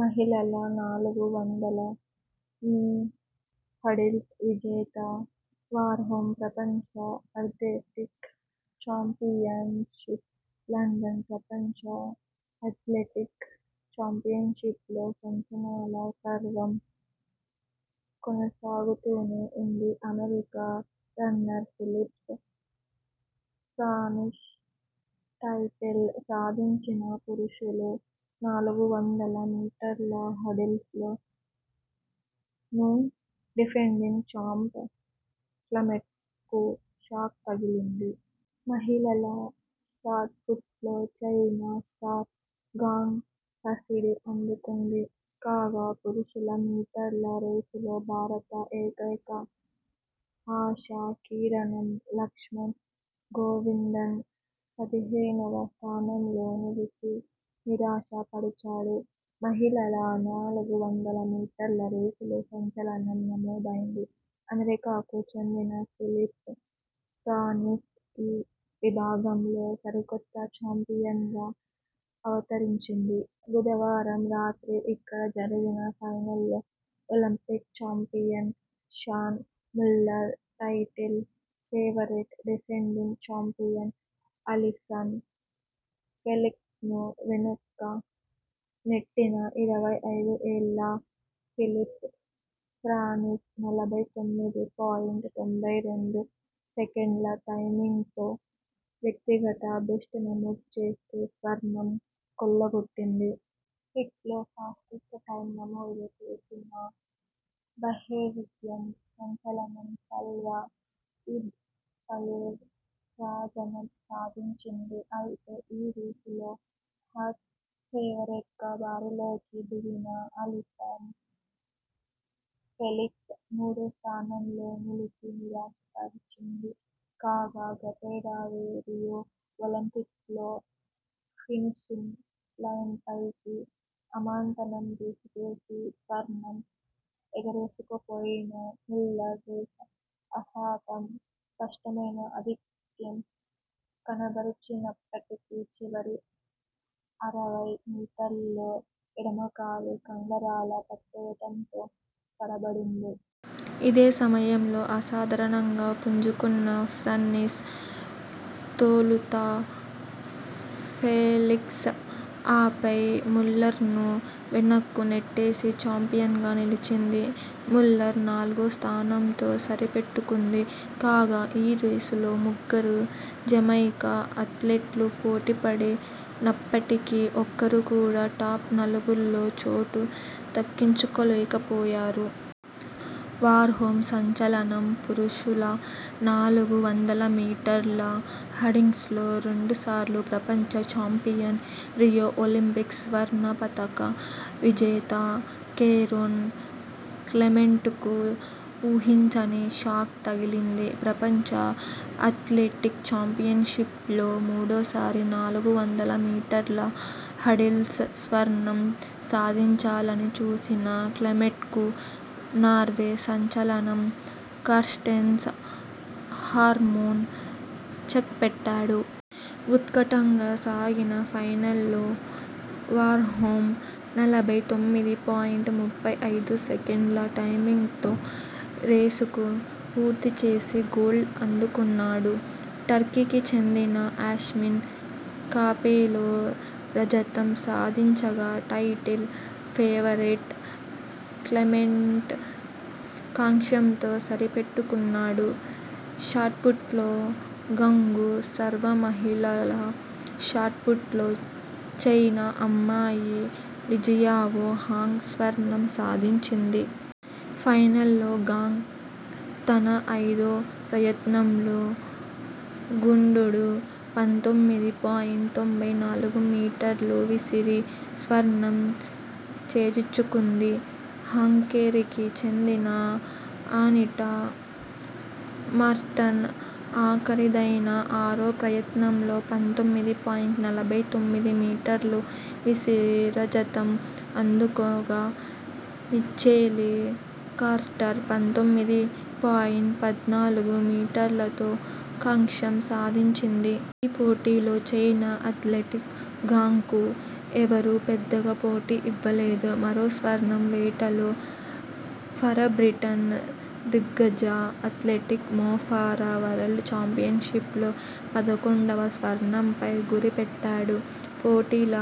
మహిళల నాలుగు వందల మీ హర్డిల్స్ విజేత వార్హోమ్ ప్రపంచ అథ్లెటిక్ చాంపియన్షిప్ లండన్ ప్రపంచ అథ్లెటిక్ చాంపియన్షిప్స్లో సంచలనాల పర్వం కొనసాగుతూనే ఉంది. America runner Phyllis Francis title సాధించింది. పురుషుల నాలుగు వందల మీటర్ల హర్డిల్స్లోనూ డిఫెండింగ్ చాంప్ క్లెమెంట్కు షాక్ తగిలింది. మహిళల షాట్పుట్లో చైనా స్టార్ గాంగ్ పసిడి అందుకుంది. కాగా, పురుషుల మీటర్ల రేసులో భారత ఏకైక ఆశా కిరణం లక్ష్మణన్ గోవిందన్ పదిహేనువ స్థానంలో నిలిచి నిరాశ పరిచాడు. మహిళల నాలుగు వందల మీటర్ల రేసులో సంచలనం నమోదైంది. అమెరికాకు చెందిన ఫిలిస్ ఫ్రాన్సిస్ ఈ విభాగంలో సరికొత్త చాంపియన్ గా అవతరించింది. బుధవారం రాత్రి ఇక్కడ జరిగిన ఫైనల్లో Olympic champion Shaun Muller, title favourite, defending champion Allyson ఫెలిక్స్లను వెనక్కు నెట్టిన ఇరవై ఐదు ఏళ్ల ఫిలిస్ ఫ్రాన్సిస్ నలభై తొమ్మిది పాయింట్ తొంభై రెండు సెకన్ల టైమింగ్తో వ్యక్తిగత బెస్ట్ నమోదు చేస్తూ, స్వర్ణం కొల్ల గొట్టింది. హీట్స్లో ఫాస్టెస్ట్ టైమ్ నమోదు చేసిన బహ్రెయిన్ సంచలనం సాల్వా ఇద్ నాసెర్ రజతం సాధించింది. అయితే ఈ రేసులో హాట్ ఫేవరెట్గా బరిలోకి దిగిన అలీసన్ ఫెలిక్స్ మూడో స్థానంలో నిలిచి నిరాశపరిచింది. కాగా, గతేడాది రియో ఒలింపిక్స్లో ఫినిషింగ్ లైన్పైకి అమాంతం దూకేసి స్వర్ణం ఎగరేసుకుపోయిన ముల్లర్ రేస్ ఆసాంతం స్పష్టమైన ఆధిక్యం కనబర్చినప్పటికీ, చివరి ఇరవై మీటర్ల లో ఎడమ కాలి కండరాలు పట్టేయడంతో తడ బడింది. ఇదే సమయంలో అసాధారణంగా పుంజు కున్న ఫ్రాన్సిస్ తొలుత ఫెలిక్స్, ఆపై ముల్లర్ను వెనక్కు నెట్టేసి చాంపియన్గా నిలిచింది. ముల్లర్ నాలుగో స్థానంతో సరి పెట్టుకుంది. కాగా ఈ రేసులో ముగ్గురు జమైకా అథ్లెట్లు పోటీ పడి నప్పటికీ ఒక్కరు కూడా టాప్, నాలుగు లో చోటు దక్కించు కోలేకపోయారు. వార్హోమ్ సంచలనం పురుషుల నాలుగు వందల మీటర్ల హర్డిల్స్లో రెండు సార్లు ప్రపంచ చాంపియన్, రియో ఒలింపిక్స్ స్వర్ణ పతక విజేత కెరోన్ క్లెమెంట్కు ఊహించని షాక్ తగిలింది. ప్రపంచ అథ్లెటిక్ చాంపియన్షిప్స్లో మూడోసారి నాలుగు వందల మీటర్ల హర్డిల్స్ స్వర్ణం సాధించాలని చూసిన క్లెమెంట్కు నార్వే సంచలనం కార్స్టెన్ వార్హోమ్ చెక్పెట్టా డు. ఉత్కంఠగా సాగిన ఫైనల్లో వార్హోమ్ నలభై ఎనిమిది పాయింట్ ముప్పై ఐదు సెకన్ల టైమింగ్తో రేసును పూర్తి చేసి గోల్డ్ అందుకున్నాడు. టర్కీకి చెందిన యస్మాని కాపెలో రజతం సాధించగా, టైటిల్ ఫేవరెట్ క్లెమెంట్ కాంస్యంతో సరి పెట్టుకున్నాడు. షాట్పుట్లో గాంగ్కు స్వర్ణంమహిళల షాట్పుట్లో చైనా అమ్మాయి లిజియావో గాంగ్ స్వర్ణం సాధించింది. ఫైనల్లో గాంగ్ తన ఐదో ప్రయత్నంలో గుండును పంతొమ్మిది పాయింట్ తొంభై నాలుగు మీటర్లు విసిరి స్వర్ణం చేజిక్కించుకుంది. హంగేరీకి చెందిన అనిటా మార్టన్ ఆఖరి దైన ఆరో ప్రయత్నంలో పంతొమ్మిది పాయింట్ నలభై తొమ్మిది మీటర్లు విసిరి రజతం అందుకోగా, మిచెలీ కార్టర్ పంతొమ్మిది పాయింట్ పద్నాలుగు మీటర్ల తో కాంస్యం సాధించింది. ఈ పోరులో చైనా అథ్లెట్ గాంగ్కు ఎవరూ పెద్దగా పోటీ ఇవ్వలేదు. మరో స్వర్ణం వేటలో ఫరాబ్రిటన్ దిగ్గజ అథ్లెట్ మో ఫరా వరల్డ్ చాంపియన్షిప్స్లో పదకొండువ స్వర్ణంపై గురి పెట్టాడు. పోటీల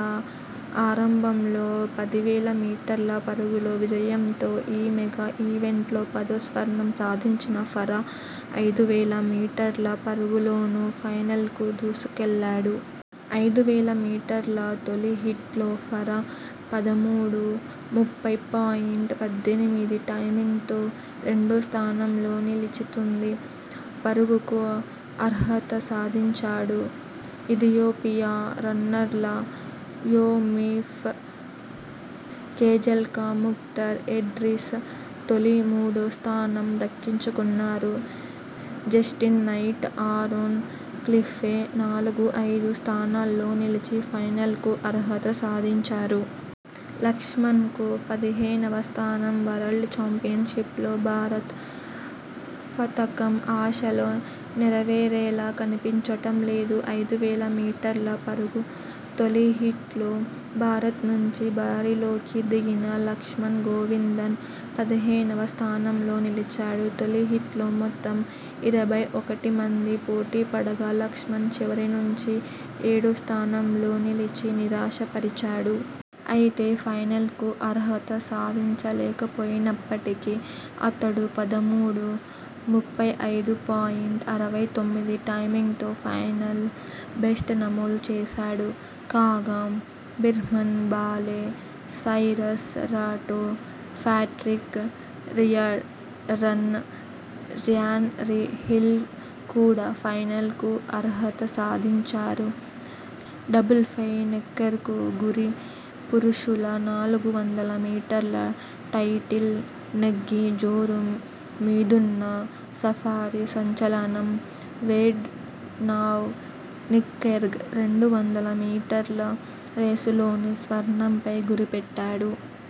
ఆరంభంలో పది వేల మీటర్ల పరుగులో విజయంతో ఈ మెగా ఈవెంట్లో పదో స్వర్ణం సాధించిన ఫరా, ఐదు వేల మీటర్ల పరుగు లోనూ ఫైనల్కు దూసు కెళ్లాడు. ఐదు వేల మీటర్ల తొలి హీట్స్లో ఫరా పదమూడు ముప్పై పాయింట్ పద్దెనిమిది టైమింగ్తో రెండో స్థానంలో నిలిచి తుది పరుగుకు అర్హత సాధించాడు. ఇథియోపియా రన్నర్లు యోమిఫ్ కెజెల్కా, ముక్తర్ ఎడ్రిస్ తొలి, మూడో స్థానం దక్కించుకున్నారు. జస్టిన్ నైట్, ఆరోన్ కిఫ్లే నాలుగు, ఐదు స్థానాల్లో నిలిచి ఫైనల్కు అర్హత సాధించారు. లక్ష్మణన్కు పదిహేనువ స్థానం. వరల్డ్ చాంపియన్షిప్స్లో భారత్ పతకం ఆశలు నెరవేరేలా కనిపించడం లేదు. ఐదు వేల మీటర్ల పరుగు తొలి హీట్స్లో భారత్ నుంచి బరిలోకి దిగిన లక్ష్మణన్ గోవిందన్ పదిహేనువ స్థానంలో నిలిచాడు. తొలి హీట్స్లో మొత్తం ఇరవై ఒకటి మంది పోటీపడగా, లక్ష్మణన్ చివరి నుంచి ఏడో స్థానంలో నిలిచి నిరాశ పరిచాడు. అయితే ఫైనల్కు అర్హత సాధించ లేకపోయినప్పటికీ అతడు పదమూడు ముప్పై ఐదు పాయింట్ అరవై తొమ్మిది టైమింగ్తో పర్సనల్ బెస్ట్ నమోదు చేశాడు. కాగా, Birhanu Balew, Cyrus Rutto, Patrick Tiernan, Ryan Hill కూడా ఫైనల్కు అర్హత సాధించారు. డబుల్పై నీకెర్క్ గురి పురుషుల నాలుగు వందల మీటర్ల టైటిల్ నెగ్గి జోరు మీదున్న సఫారీ సంచలనం వేడ్ వాన్ నీకెర్క్ రెండు వందల మీటర్ల రేసులోనూ స్వర్ణంపై గురిపెట్టాడు.